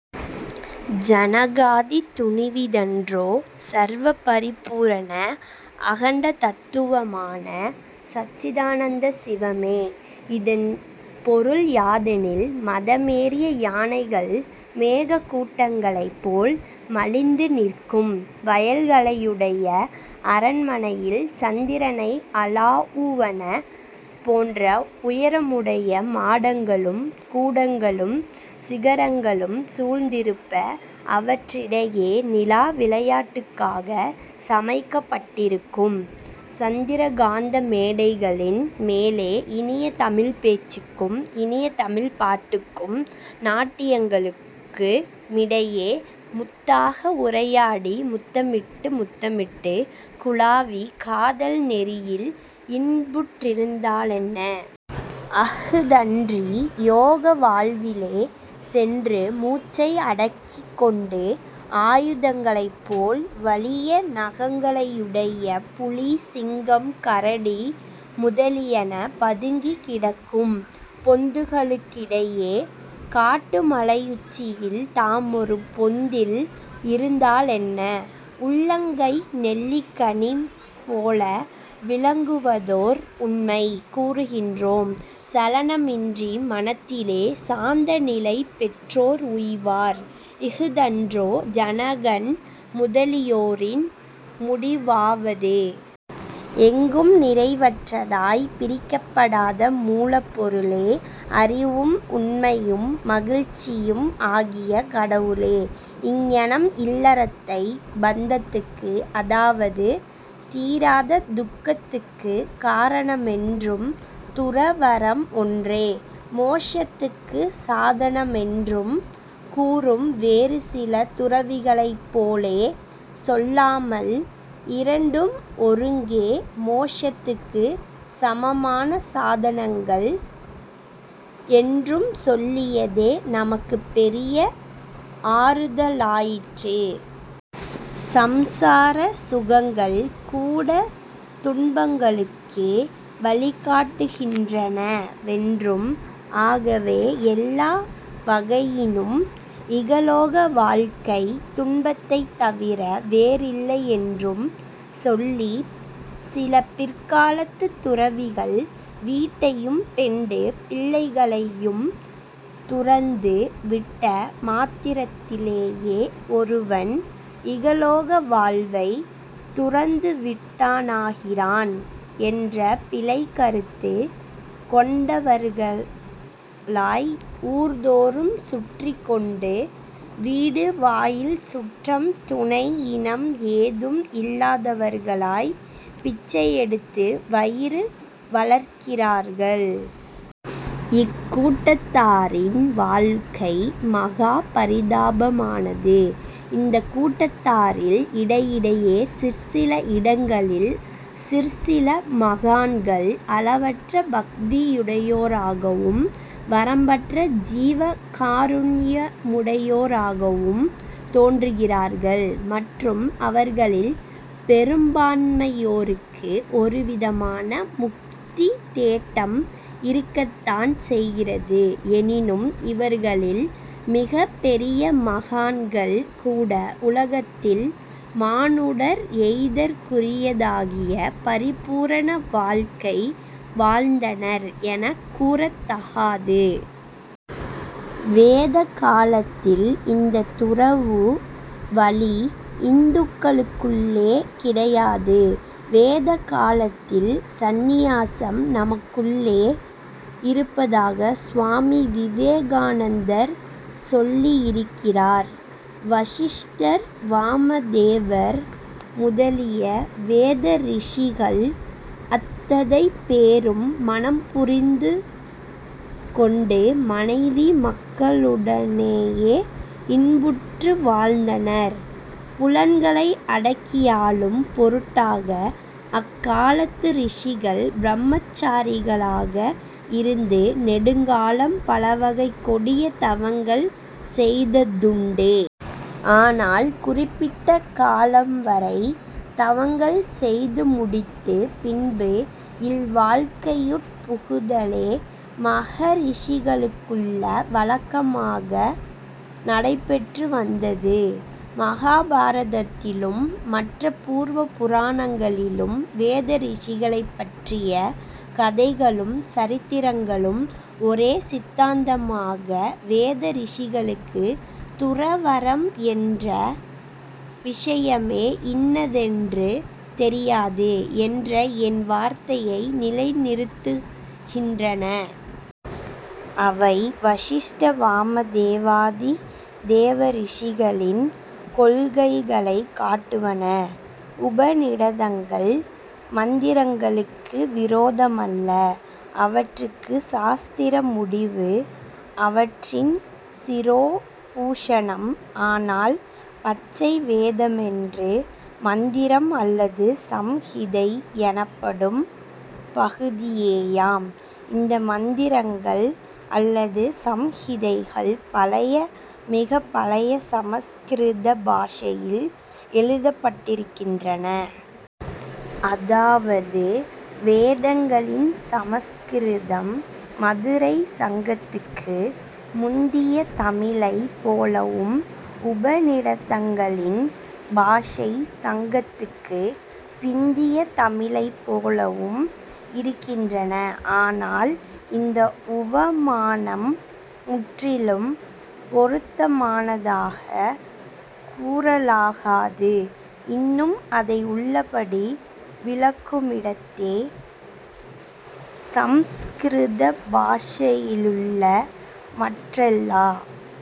ஜனகாதி துணிவி தன்றோ? சர்வபரிபூரண அகண்டதத்துவமான சச்சிதானந்த சிவமே'' இதன் பொருள் யாதெனில் 'மதமேறிய யானைகள் மேகக் கூட்டங்களைப் போல் மலிந்து நிற்கும் வயல்களையுடைய அரண்மனையில், சந்திரனை அளாவுவன போன்ற உயரமுடைய மாடங்களும் கூடங்களும் சிகரங்களும் சூழ்ந்திருப்ப, அவற்றிடையே நிலா விளையாட்டுக்காகச் சமைக்கப்பட்டிருக்கும் சந்திரகாந்த மேடைகளின் மேலே இனிய தமிழ்ப் பேச்சுக்கும் இனிய தமிழ் பாட்டுக்கும் நாட்டியங்களுக்கு மிடையே முத்தாக உரையாடி முத்தமிட்டு முத்தமிட்டுக் குலாவிக் காதல் நெறியில் இன்புற்றிருந்தாலென்ன? அஃதன்றி, யோக வாழ்விலே சென்று மூச்சை அடக்கிக் கொண்டு ஆயுதங்களைப் போல் வலிய நகங்களையுடைய புலி, சிங்கம், கரடி முதலியன பதுங்கிக் கிடக்கும் பொந்துகளுக்கிடையே காட்டுமலையுச்சியில் தாமொரு பொந்தில் இருந்தாலென்ன? உள்ளங்கை நெல்லிக்கனி போல விளங்குவதோர் உண்மை கூறுகின்றோம். 'சலனமின்றி மனத்திலே சாந்தநிலை பெற்றோர் உய்வார்' இஃதன்றோ ஜனகன் முதலியோரின் முடிவாவதே? எங்கும் நிறைவற்றதாய்ப் பிரிக்கப்படாத மூலப்பொருளே! அறிவும், உண்மையும், மகிழ்ச்சியும் ஆகிய கடவுளே? ' இங்ஙனம், இல்லறத்தைப் பந்தத்துக்கு அதாவது, தீராத துக்கத்துக்குக் காரணமென்றும், துறவறம் ஒன்றே மோக்ஷத்துக்குச் சாதனமென்றும், கூறும் வேறு சில துறவிகளைப்போலே சொல்லாமல், இரண்டும் ஒருங்கே மோக்ஷத்துக்குச் சமமான சாதனங்கள் என்று சொல்லியதே நமக்குப் பெரிய ஆறுதலாயிற்று. சம்சார சுகங்கள் கூடத் துன்பங்களுக்கே வழிகாட்டுகின்றன வென்றும், ஆகவே எல்லா வகையினும் இகலோக வாழ்க்கை துன்பத்தைத் தவிர வேறில்லையென்றும் சொல்லிச் சில பிற்காலத்துத் துறவிகள், 'வீட்டையும் பெண்டு பிள்ளைகளையும் துறந்து விட்ட மாத்திரத்திலேயே ஒருவன் இகலோக வாழ்வைத் துறந்துவிட்டானாகிறான்' என்ற பிழைக் கருத்து கொண்டவர்களாய், ஊர்தோறும் சுற்றிக்கொண்டு, வீடு, வாயில் சுற்றம் துணை இனம் ஏதும் இல்லாதவர்களாய், பிச்சையெடுத்து வயிறு வளர்க்கிறார்கள். இக் கூட்டத்தாரின் வாழ்க்கை மகா பரிதாபமானது. இந்தக் கூட்டத்தாரில் இடையிடையே சிற்சில இடங்களில் சிற்சில மகான்கள் அளவற்ற பக்தியுடையோராகவும், வரம்பற்ற ஜீவ காருண்யமுடையோராகவும் தோன்றுகிறார்கள். மற்றும் அவர்களில் பெரும்பான்மையோருக்கு ஒரு விதமான முக்தித் தேட்டம் இருக்கத்தான் செய்கிறது. எனினும், இவர்களில் மிகப் பெரிய மகான்கள் கூட, உலகத்தில் மானுடர் எய்தற்குரியதாகிய பரிபூரண வாழ்க்கை வாழ்ந்தனர் எனக் கூறத் தகாது. வேதகாலத்தில் இந்தத் துறவு வழி இந்துக்களுக்குள்ளே கிடையாது. வேத காலத்தில், சந்நியாசம் நமக்குள்ளே இருப்பதாக சுவாமி விவேகானந்தர் சொல்லியிருக்கிறார். வசிஷ்டர், வாமதேவர் முதலிய வேதரிஷிகள் அத்ததை பேரும் மணம் புரிந்துகொண்டு, மனைவி மக்களுடனேயே இன்புற்று வாழ்ந்தனர். புலன்களை அடக்கியாளும் பொருட்டாக, அக்காலத்து ரிஷிகள் பிரம்மசாரிகளாக இருந்து நெடுங்காலம் பலவகைக் கொடிய தவங்கள் செய்ததுண்டு. ஆனால், குறிப்பிட்ட காலம் வரை தவங்கள் செய்து முடித்துப் பின்பு இல்வாழ்க்கையுட் புகுதலே மகரிஷிகளுக்குள்ள வழக்கமாக நடைபெற்றுவந்தது. மகாபாரதத்திலும் மற்றப் பூர்வ பூராணங்களிலும் வேதரிஷிகளைப் பற்றிய கதைகளும் சரித்திரங்களும் ஒரே சித்தாந்தமாக வேத ரிஷிகளுக்குத் துறவறம் என்ற விஷயமே இன்னதென்று தெரியாது என்ற என் வார்த்தையை நிலைநிறுத்துகின்றன. அவை வசிஷ்ட வாமதேவாதி தேவ ரிஷிகளின் கொள்கைகளைக் காட்டுவன. உபநிடதங்கள் மந்திரங்களுக்கு விரோதமல்ல. அவற்றுக்குச் சாஸ்திர முடிவு. அவற்றின் சிரோபூஷணம். ஆனால், பச்சை வேதமென்று மந்திரம் அல்லது ஸம்ஹிதை எனப்படும் பகுதியேயாம். இந்த மந்திரங்கள் அல்லது ஸம்ஹிதைகள் பழைய மிகப் பழைய சமஸ்கிருத பாஷையில் எழுதப்பட்டிருக்கின்றன. அதாவது, வேதங்களின் சமஸ்கிருதம் மதுரைச் சங்கத்துக்கு முந்திய தமிழைப் போலவும் உபநிடதங்களின் பாஷை சங்கத்துக்குப் பிந்திய தமிழைப் போலவும் இருக்கின்றன. ஆனால், இந்த உவமானம் முற்றிலும் பொருத்தமானதாகக் கூறலாகாது. இன்னும் அதை உள்ளபடி விளக்குமிடத்தே. ஸம்ஸ்கிருத பாஷையிலுள்ள மற்றெல்லா